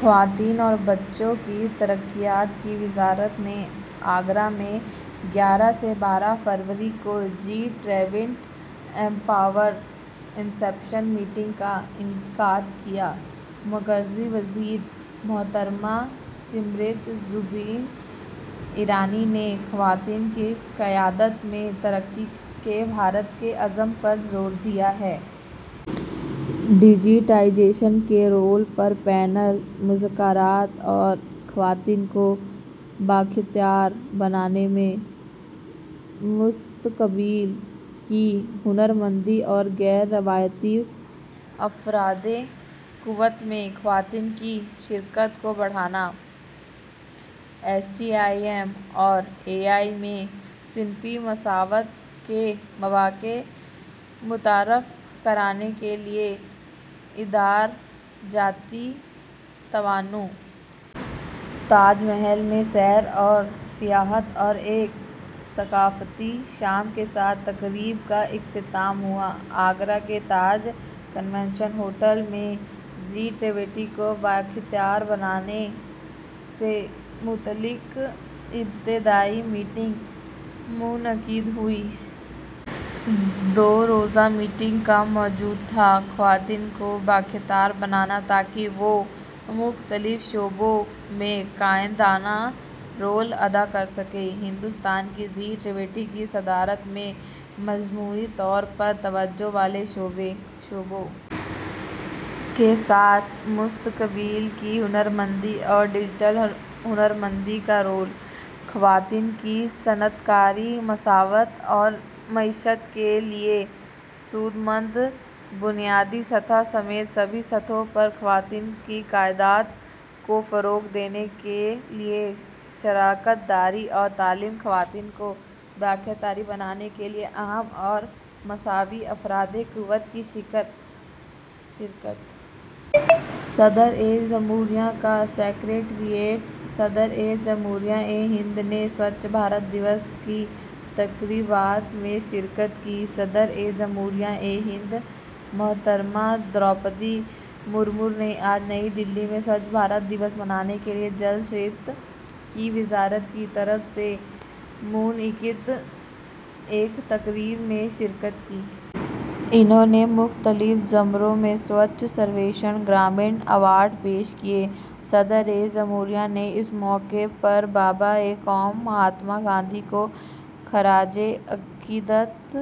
خواتین اور بچوں کی ترقیات کی وزارت نے آگرہ میں گیارہ سے بارہ فروری کو G twenty empower inception meeting کا انعقاد کیا۔ مرکزی وزیر محترمہ اسمرتی زوبین ایرانی نے خواتین کی قیادت میں ترقی کے بھارت کے عزم پر زور دیا ہے۔ ڈیجیٹائزیشن کے رول پر پینل مذاکرات اور خواتین کو بااختیار بنانے میں مستقبل کی ہنرمندی اور غیر روایتی افرادی قوت میں خواتین کی شرکت کو بڑھانا، ایس ٹی ای ایم اور اے آئی میں صنفی مساوات کے مواقع متعارف کرانے کے لیے ادارہ جاتی تعاون۔ تاج محل میں سیر و سیاحت اور ایک ثقافتی شام کے ساتھ تقریب کا اختتام ہوا۔ آگرہ کے تاج کنونشن ہوٹل میں جی ٹوئنٹی کو بااختیار بنانے سے متعلق ابتدائی میٹنگ منعقد ہوئی۔ دو روزہ میٹنگ کا موضوع تھا: خواتین کو بااختیار بنانا تاکہ وہ مختلف شعبوں میں قائدانہ رول ادا کر سکیں، ہندوستان کی جی ٹوئنٹی کی صدارت میں مجموعی طور پر توجہ والے شعبوں کے ساتھ مستقبل کی ہنرمندی اور ڈیجیٹل ہنرمندی کا رول، خواتین کی صنعت کاری، مساوات اور معیشت کے لیے سود مند، بنیادی سطح سمیت سبھی سطحوں پر خواتین کی قیادت کو فروغ دینے کے لیے شراکت داری اور تعلیم، خواتین کو بااختیار بنانے کے لیے اہم اور مساوی افرادی قوت کی شرکت۔ صدر جمہوریہ کا سکریٹریٹ۔ صدر جمہوریہ ہند نے سوچھ بھارت دیوس کی تقریبات میں شرکت کی۔ صدر جمہوریہ ہند محترمہ دروپدی مرمو نے آج نئی دہلی میں سوچھ بھارت دیوس منانے کے لیے جل شکتی کی وزارت کی طرف سے منعقد ایک تقریب میں شرکت کی۔ انھوں نے مختلف زمروں میں سوچھ سرویکشن گرامین ایوارڈ پیش کیے۔ صدر جمہوریہ نے اس موقع پر بابائے قوم مہاتما گاندھی کو خراج عقیدت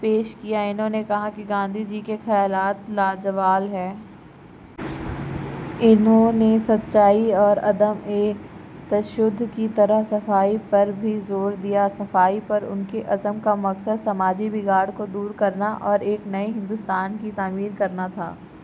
پیش کیا۔ انھوں نے کہا کہ گاندھی جی کے خیالات لازوال ہیں۔ انھوں نے سچائی اور عدم تشدد کی طرح صفائی پر بھی زور دیا۔ صفائی پر ان کے عزم کا مقصد سماجی بگاڑ کو دور کرنا اور ایک نئے ہندوستان کی تعمیر کرنا تھا۔